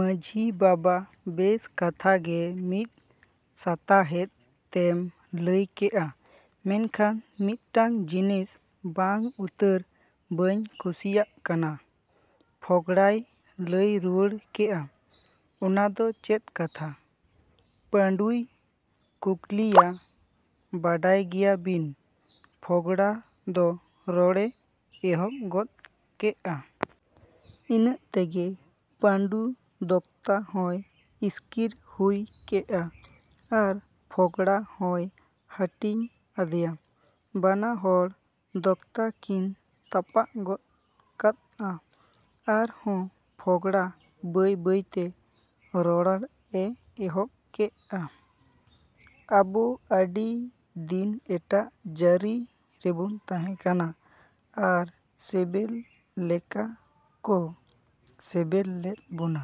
ᱢᱟᱺᱡᱷᱤ ᱵᱟᱵᱟ ᱵᱮᱥ ᱠᱟᱛᱷᱟ ᱜᱮ ᱢᱤᱫ ᱥᱟᱛᱟᱦᱮᱫ ᱛᱮᱢ ᱞᱟᱹᱭ ᱠᱮᱜᱼᱟ᱾ ᱢᱮᱱᱠᱷᱟᱱ ᱢᱤᱫᱴᱟᱝ ᱡᱤᱱᱤᱥ ᱵᱟᱝ ᱩᱛᱟᱹᱨ ᱵᱟᱹᱧ ᱠᱩᱥᱤᱭᱟᱜ ᱠᱟᱱᱟ ᱯᱷᱚᱜᱽᱲᱟᱭ ᱞᱟᱹᱭ ᱨᱩᱣᱟᱹᱲ ᱠᱮᱜᱼᱟ ᱾ ᱚᱱᱟ ᱫᱚ ᱪᱮᱫ ᱠᱟᱛᱷᱟ ᱯᱟᱺᱰᱩᱭ ᱠᱩᱜᱞᱤᱭᱟ ᱵᱟᱰᱟᱭ ᱜᱮᱭᱟ ᱵᱤᱱ ᱯᱷᱚᱜᱽᱲᱟ ᱫᱚ ᱨᱚᱲᱮ ᱮᱦᱚᱵ ᱜᱚᱫ ᱠᱮᱜᱼᱟ᱾ ᱤᱱᱟᱹᱜ ᱛᱮᱜᱮ ᱯᱟᱺᱰᱩ ᱫᱚᱠᱛᱟ ᱦᱚᱸᱭ ᱤᱥᱠᱤᱨ ᱦᱩᱭ ᱠᱮᱜᱼᱟ ᱟᱨ ᱯᱷᱚᱜᱽᱲᱟ ᱦᱚᱸᱭ ᱦᱟᱹᱴᱤᱧ ᱟᱫᱮᱭᱟ᱾ ᱵᱟᱱᱟ ᱦᱚᱲ ᱫᱚᱠᱛᱟ ᱠᱤᱱ ᱛᱟᱯᱟᱜ ᱜᱚᱫ ᱠᱟᱫᱼᱟ ᱟᱨ ᱦᱚᱸ ᱯᱷᱚᱜᱽᱲᱟ ᱵᱟᱹᱭ ᱵᱟᱹᱭ ᱛᱮ ᱨᱚᱨᱚᱲ ᱮ ᱮᱦᱚᱵ ᱠᱮᱼᱟ᱾ ᱟᱵᱚ ᱟᱹᱰᱤ ᱫᱤᱱ ᱮᱴᱟᱜ ᱡᱟᱹᱨᱤ ᱨᱮᱵᱚᱱ ᱛᱟᱦᱮᱸ ᱠᱟᱱᱟ ᱟᱨ ᱥᱮᱵᱮᱫ ᱞᱮᱠᱟ ᱠᱚ ᱥᱮᱵᱮᱫ ᱞᱮᱫ ᱵᱚᱱᱟ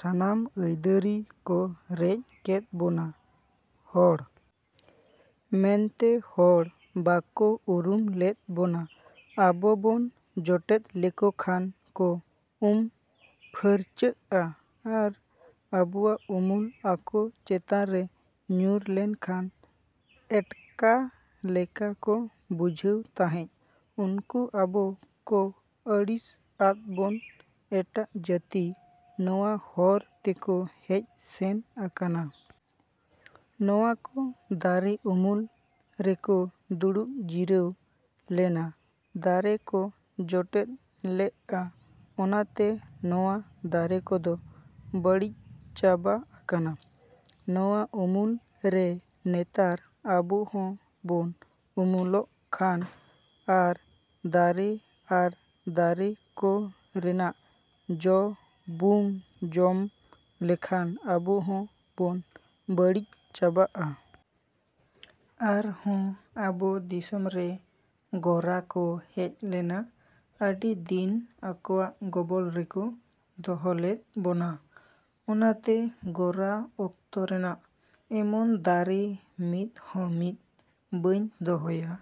ᱥᱟᱱᱟᱢ ᱟᱹᱭᱫᱟᱹᱨᱤ ᱠᱚ ᱨᱮᱡ ᱠᱮᱫ ᱵᱚᱱᱟ ᱾ᱦᱚᱲ ᱢᱮᱱᱛᱮ ᱦᱚᱲ ᱵᱟᱠᱚ ᱩᱨᱩᱢ ᱞᱮᱫ ᱵᱚᱱᱟ ᱟᱵᱚ ᱵᱚᱱ ᱡᱚᱴᱮᱫ ᱞᱮᱠᱚ ᱠᱷᱟᱱ ᱠᱚ ᱩᱢ ᱯᱷᱟᱹᱨᱪᱟᱹᱜᱼᱟ ᱟᱨ ᱟᱵᱚᱣᱟᱜ ᱩᱢᱩᱞ ᱟᱠᱚ ᱪᱮᱛᱟᱱ ᱨᱮ ᱧᱩᱨ ᱞᱮᱱ ᱠᱷᱟᱱ ᱮᱴᱠᱟ ᱞᱮᱠᱟ ᱠᱚ ᱵᱩᱡᱷᱟᱹᱣ ᱛᱟᱦᱮᱸᱡ᱾ ᱩᱱᱠᱩ ᱟᱵᱚ ᱠᱚ ᱟᱹᱲᱤᱥ ᱟᱫ ᱵᱚᱱ ᱮᱴᱟᱜ ᱡᱟᱹᱛᱤ ᱱᱚᱣᱟ ᱦᱚᱨ ᱛᱮᱠᱚ ᱦᱮᱡ ᱥᱮᱱ ᱟᱠᱟᱱᱟ᱾ ᱱᱚᱣᱟ ᱠᱚ ᱫᱟᱨᱮ ᱩᱢᱩᱞ ᱨᱮᱠᱚ ᱫᱩᱲᱩᱵ ᱡᱤᱨᱟᱹᱣ ᱞᱮᱱᱟ ᱫᱟᱨᱮ ᱠᱚ ᱡᱚᱴᱮᱫ ᱞᱮᱜᱼᱟ ᱚᱱᱟᱛᱮ ᱱᱚᱣᱟ ᱫᱟᱨᱮ ᱠᱚᱫᱚ ᱵᱟᱹᱲᱤᱡ ᱪᱟᱵᱟ ᱟᱠᱟᱱᱟ᱾ ᱱᱚᱣᱟ ᱩᱢᱩᱞ ᱨᱮ ᱱᱮᱛᱟᱨ ᱟᱵᱚ ᱦᱚᱸ ᱵᱚᱱ ᱩᱢᱩᱞᱚᱜ ᱠᱷᱟᱱ ᱟᱨ ᱫᱟᱨᱮ ᱟᱨ ᱫᱟᱨᱮ ᱠᱚ ᱨᱮᱱᱟᱜ ᱡᱚ ᱵᱩᱝ ᱡᱚᱢ ᱞᱮᱠᱷᱟᱱ ᱟᱵᱚ ᱦᱚᱸ ᱵᱚᱱ ᱵᱟᱹᱲᱤᱡ ᱪᱟᱵᱟᱜᱼᱟ᱾ ᱟᱨ ᱦᱚᱸ ᱟᱵᱚ ᱫᱤᱥᱚᱢ ᱨᱮ ᱜᱚᱨᱟ ᱠᱚ ᱦᱮᱡ ᱞᱮᱱᱟ ᱟᱹᱰᱤ ᱫᱤᱱ ᱟᱠᱚᱣᱟᱜ ᱜᱚᱵᱚᱞ ᱨᱮᱠᱚ ᱫᱚᱦᱚ ᱞᱮᱫ ᱵᱚᱱᱟ᱾ᱚᱱᱟᱛᱮ ᱜᱚᱨᱟ ᱚᱠᱛᱚ ᱨᱮᱱᱟᱜ ᱮᱢᱚᱱ ᱫᱟᱨᱮ ᱢᱤᱫ ᱦᱚᱸ ᱢᱤᱫ ᱵᱟᱹᱧ ᱫᱚᱦᱚᱭᱟ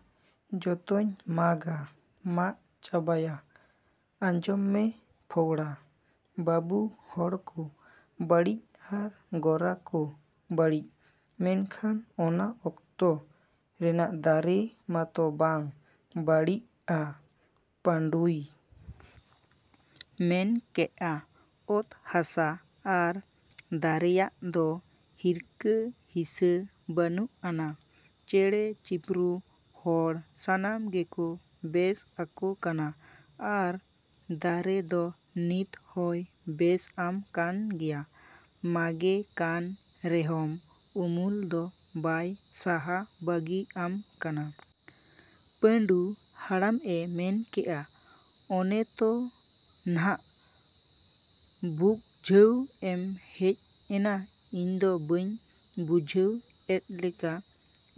ᱡᱚᱛᱚᱧ ᱢᱟᱜᱟᱼᱢᱟᱜ ᱪᱟᱵᱟᱭᱟ᱾ᱟᱸᱡᱚᱢ ᱢᱮ ᱯᱷᱚᱜᱽᱲᱟ ᱵᱟᱹᱵᱩ ᱦᱚᱲ ᱠᱚ ᱵᱟᱹᱲᱤᱡ ᱟᱨ ᱜᱚᱨᱟ ᱠᱚ ᱵᱟᱹᱲᱤᱡ ᱢᱮᱱᱠᱷᱟᱱ ᱚᱱᱟ ᱚᱠᱛᱚ ᱨᱮᱱᱟᱝ ᱫᱟᱨᱮ ᱢᱟᱛᱚ ᱵᱟᱝ ᱵᱟᱹᱲᱤᱜ ᱼᱟ ᱾ᱯᱟᱺᱰᱩᱭ ᱢᱮᱱ ᱠᱮᱜᱼᱟ᱾ ᱚᱛ ᱦᱟᱥᱟ ᱟᱨ ᱫᱟᱨᱮᱭᱟᱜ ᱫᱚ ᱦᱤᱨᱠᱟᱹ ᱦᱤᱥᱟᱹ ᱵᱟᱹᱱᱩᱜ ᱟᱱᱟ᱾ ᱪᱮᱬᱮ ᱪᱤᱯᱨᱩ ᱦᱚᱲ ᱥᱟᱱᱟᱢ ᱜᱮᱠᱚ ᱵᱮᱥ ᱟᱠᱚ ᱠᱟᱱᱟ ᱟᱨ ᱫᱟᱨᱮ ᱫᱚ ᱱᱤᱛ ᱦᱚᱸᱭ ᱵᱮᱥ ᱟᱢ ᱠᱟᱱ ᱜᱮᱭᱟ᱾ ᱢᱟᱜᱮ ᱠᱟᱱ ᱨᱮᱦᱚᱢ ᱩᱢᱩᱞ ᱫᱚ ᱵᱟᱭ ᱥᱟᱦᱟ ᱵᱟᱹᱜᱤ ᱟᱢ ᱠᱟᱱᱟ᱾ ᱯᱟᱺᱰᱩ ᱦᱟᱲᱟᱢ ᱮ ᱢᱮᱱ ᱠᱮᱜᱼᱟ᱾ ᱚᱱᱮ ᱛᱚ ᱱᱷᱟᱜ ᱵᱩᱜᱡᱷᱟᱹᱣ ᱮᱢ ᱦᱮᱡ ᱮᱱᱟ ᱤᱧ ᱫᱚ ᱵᱟᱹᱧ ᱵᱩᱡᱷᱟᱹᱣ ᱮᱫ ᱞᱮᱠᱟ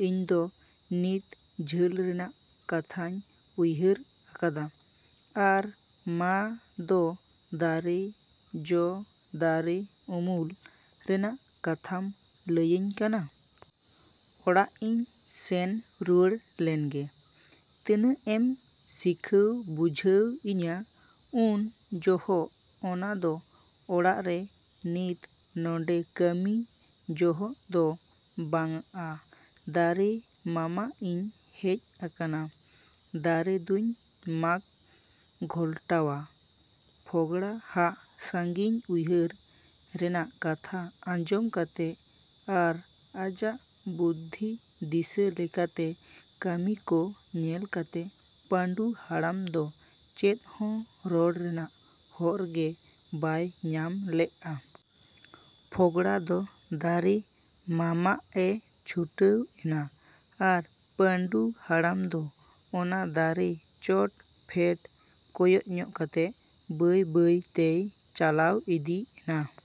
ᱤᱧ ᱫᱚ ᱛᱤᱱ ᱡᱷᱟᱹᱞ ᱨᱮᱱᱟᱜ ᱠᱟᱛᱷᱟᱹᱧ ᱩᱭᱦᱟᱹᱨ ᱟᱠᱟᱫᱟ᱾ ᱟᱨ ᱢᱟ ᱫᱚ ᱫᱟᱨᱮ ᱡᱚ ᱫᱟᱨᱮ ᱩᱢᱩᱞ ᱨᱮᱱᱟᱜ ᱠᱟᱛᱷᱟᱢ ᱞᱟᱹᱭᱟᱹᱧ ᱠᱟᱱᱟ᱾ ᱚᱲᱟᱜ ᱤᱧ ᱥᱮᱱ ᱨᱩᱣᱟᱹᱲ ᱞᱮᱱᱜᱮ᱾ ᱛᱤᱱᱟᱹᱜ ᱮᱢ ᱥᱤᱠᱷᱟᱹᱣ ᱵᱩᱡᱷᱟᱹᱣ ᱤᱧᱟ ᱩᱱ ᱡᱚᱦᱚᱜ ᱚᱱᱟ ᱫᱚ ᱚᱲᱟᱜ ᱨᱮ ᱱᱤᱛ ᱱᱚᱰᱮ ᱠᱟᱹᱢᱤ ᱡᱚᱦᱜ ᱫᱚ ᱵᱟᱝᱟ ᱫᱟᱨᱮ ᱢᱟᱢᱟᱜ ᱤᱧ ᱦᱮᱡ ᱟᱠᱟᱱᱟ᱾ ᱫᱟᱨᱮ ᱫᱚᱧ ᱢᱟᱜ ᱜᱷᱚᱞᱴᱟᱣᱟ ᱯᱷᱚᱜᱽᱲᱟ ᱦᱟᱜ ᱥᱟᱺᱜᱤᱧ ᱩᱭᱦᱟᱹᱨ ᱨᱮᱱᱟᱜ ᱠᱟᱛᱷᱟ ᱟᱸᱡᱚᱢ ᱠᱟᱛᱮ ᱟᱨ ᱟᱡᱟᱜ ᱵᱩᱫᱷᱤ ᱫᱤᱥᱟᱹ ᱞᱮᱠᱟ ᱛᱮ ᱠᱟᱹᱢᱤ ᱠᱚ ᱧᱮᱞ ᱠᱟᱛᱮ ᱯᱟᱺᱰᱩ ᱦᱟᱲᱟᱢ ᱫᱚ ᱪᱮᱫ ᱦᱚᱸ ᱨᱚᱲ ᱨᱮᱱᱟᱜ ᱦᱚᱨ ᱜᱮ ᱵᱟᱭ ᱧᱟᱢ ᱞᱮᱜᱼᱟ᱾ ᱯᱷᱚᱜᱽᱲᱟ ᱫᱚ ᱫᱟᱨᱮ ᱢᱟᱢᱟᱜᱼᱮ ᱪᱷᱩᱴᱟᱹᱣ ᱮᱱᱟ ᱟᱨ ᱯᱟᱺᱰᱩ ᱦᱟᱲᱟᱢ ᱫᱚ ᱚᱱᱟ ᱫᱟᱨᱮ ᱪᱚᱴ ᱯᱷᱮᱰ ᱠᱚᱭᱚᱜ ᱧᱚᱜ ᱠᱟᱛᱮ ᱵᱟᱹᱭ ᱵᱟᱹᱭ ᱛᱮᱭ ᱪᱟᱞᱟᱣ ᱤᱫᱤ ᱮᱱᱟ᱾